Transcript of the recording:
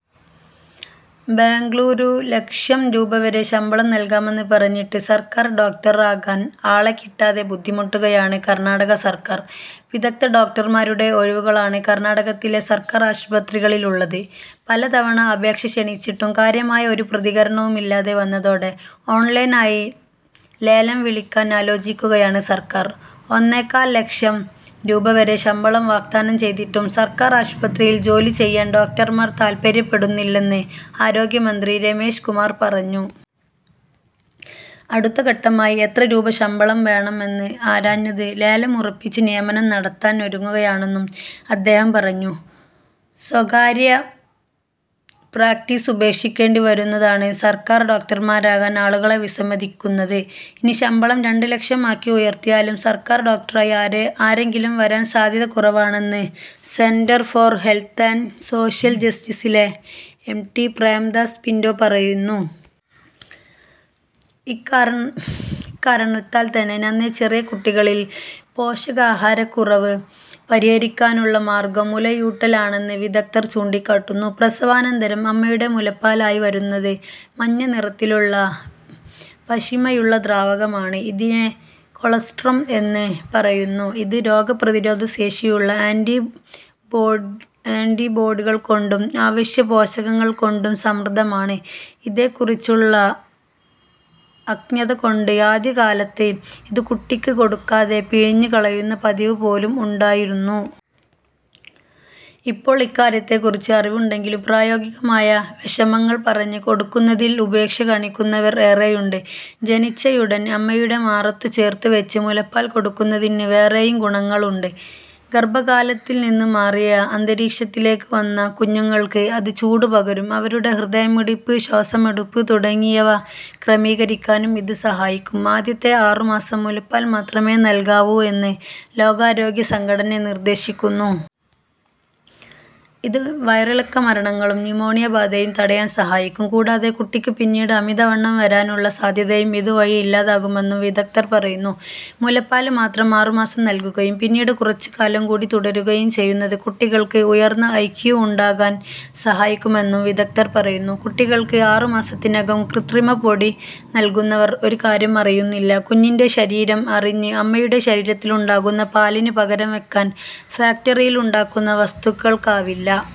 ബെംഗളൂരു: ലക്ഷം രൂപ വരെ ശമ്പളം നല്കാമെന്ന് പറഞ്ഞിട്ടും സര്ക്കാര് ഡോക്ടറാകാന് ആളെ കിട്ടാതെ ബുദ്ധിമുട്ടുകയാണ് കര്ണാടക സര്ക്കാര്. വിദഗ്ധ ഡോക്ടര്മാരുടെ ഒഴിവുകളാണ് കര്ണാടകത്തിലെ സര്ക്കാര് ആശുപത്രികളിലുള്ളത്. പലതവണ അപേക്ഷ ക്ഷണിച്ചിട്ടും കാര്യമായ ഒരു പ്രതികരണവുമില്ലാതെ വന്നതോടെ ഓണ്ലൈനായി ലേലം വിളിക്കാന് ആലോചിക്കുകയാണ് സര്ക്കാര്. ഒന്നേകാല് ലക്ഷം രൂപ വരെ ശമ്പളം വാഗ്ദാനം ചെയ്തിട്ടും സര്ക്കാര് ആശുപത്രിയില് ജോലി ചെയ്യാന് ഡോക്ടര്മാര് താത്പര്യപ്പെടുന്നില്ലെന്ന് ആരോഗ്യമന്ത്രി രമേശ് കുമാര് പറഞ്ഞു. അടുത്ത ഘട്ടമായി എത്ര രൂപ ശമ്പളം വേണം എന്ന് ആരാഞ്ഞ് ലേലം ഉറപ്പിച്ച് നിയമനം നടത്താന് ഒരുങ്ങുകയാണെന്നും അദ്ദേഹം പറഞ്ഞു. സ്വകാര്യ പ്രാക്ടീസ് ഉപേക്ഷിക്കേണ്ടി വരുന്നതാണ് സര്ക്കാര് ഡോക്ടര്മാരാകാന് ആളുകള് വിസമ്മതിക്കുന്നത്. ഇനി ശമ്പളം രണ്ട് ലക്ഷം ആക്കി ഉയര്ത്തിയാലും സര്ക്കാര് ഡോക്ടറായി ആരെങ്കിലും വരാന് സാധ്യത കുറവാണെന്ന് Centre for Health and Social ജസ്റ്റിസിലെ എഡ്വാര്ഡ് പ്രേംദാസ് പിന്റോ പറയുന്നു. ഇക്കാരണത്താല്ത്തന്നെ നന്നേ ചെറിയ കുട്ടികളിലെ പോഷകാഹാരക്കുറവ് പരിഹരിക്കാനുള്ള മാര്ഗം മുലയൂട്ടലാണെന്ന് വിദഗ്ധര് ചൂണ്ടിക്കാട്ടുന്നു. പ്രസവാനന്തരം അമ്മയുടെ മുലപ്പാലായി വരുന്നത് മഞ്ഞനിറത്തിലുള്ള പശിമയുള്ള ദ്രാവകമാണ്. ഇതിനെ കൊളസ്ട്രം എന്നുപറയുന്നു. ഇത് രോഗപ്രതിരോധ ശേഷിയുള്ള ആന്റിബോഡികള്കൊണ്ടും അവശ്യപോഷകങ്ങള്കൊണ്ടും സമൃദ്ധമാണ്. ഇതേക്കുറിച്ചുള്ള അജ്ഞതകൊണ്ട് ആദ്യകാലത്ത് ഇത് കുട്ടിക്ക് കൊടുക്കാതെ പിഴിഞ്ഞ് കളയുന്ന പതിവുപോലും ഉണ്ടായിരുന്നു. ഇപ്പോള് ഇക്കാര്യത്തെക്കുറിച്ച് അറിവുണ്ടെങ്കിലും പ്രായോഗികമായ വൈഷമ്യങ്ങള്പറഞ്ഞ് കൊടുക്കുന്നതില് ഉപേക്ഷ കാണിക്കുന്നവര് ഏറെയുണ്ട്. ജനിച്ചയുടന് അമ്മയുടെ മാറത്തുചേര്ത്തുവെച്ച് മുലപ്പാല് കൊടുക്കുന്നതിന് വേറെയും ഗുണങ്ങളുണ്ട്. ഗര്ഭപാത്രത്തില്നിന്ന് മാറിയ അന്തരീക്ഷത്തിലേക്ക് വന്ന കുഞ്ഞുങ്ങള്ക്ക് അത് ചൂടുപകരും. അവരുടെ ഹൃദയമിടിപ്പ്, ശ്വാസമെടുപ്പ് തുടങ്ങിയവ ക്രമീകരിക്കാനും ഇത് സഹായിക്കും. ആദ്യത്തെ ആറുമാസം മുലപ്പാല്മാത്രമേ നല്കാവൂയെന്ന് ലോകാരോഗ്യസംഘടന നിര്ദേശിക്കുന്നു. ഇത് വയറിളക്കമരണങ്ങളും ന്യൂമോണിയബാധയും തടയാന് സഹായിക്കും. കൂടാതെ, കുട്ടിക്ക് പിന്നീട് അമിതവണ്ണം വരാനുള്ള സാധ്യതയും ഇതുവഴി ഇല്ലാതാകുമെന്ന് വിദഗ്ധര് പറയുന്നു. മുലപ്പാല്മാത്രം ആറുമാസം നല്കുകയും പിന്നീട് കുറച്ചുകാലംകൂടി തുടരുകയും ചെയ്യുന്നത് കുട്ടികള്ക്ക് ഉയര്ന്ന ഐ. ക്യൂ. ഉണ്ടാകാന് സഹായിക്കുമെന്നും വിദഗ്ധര് പറയുന്നു. കുട്ടികള്ക്ക് അറുമാസത്തിനകം കൃത്രമപാല്പ്പൊടി നല്കുന്നവര് ഒരുകാര്യം അറിയുന്നില്ല, കുഞ്ഞിന്റെ ശരീരം അറിഞ്ഞ് അമ്മയുടെ ശരീരത്തിലുണ്ടാകുന്ന പാലിന് പകരംവെയ്ക്കാന് ഫാക്ടറിയിലുണ്ടാക്കുന്ന വസ്തുക്കള്ക്കാവില്ല.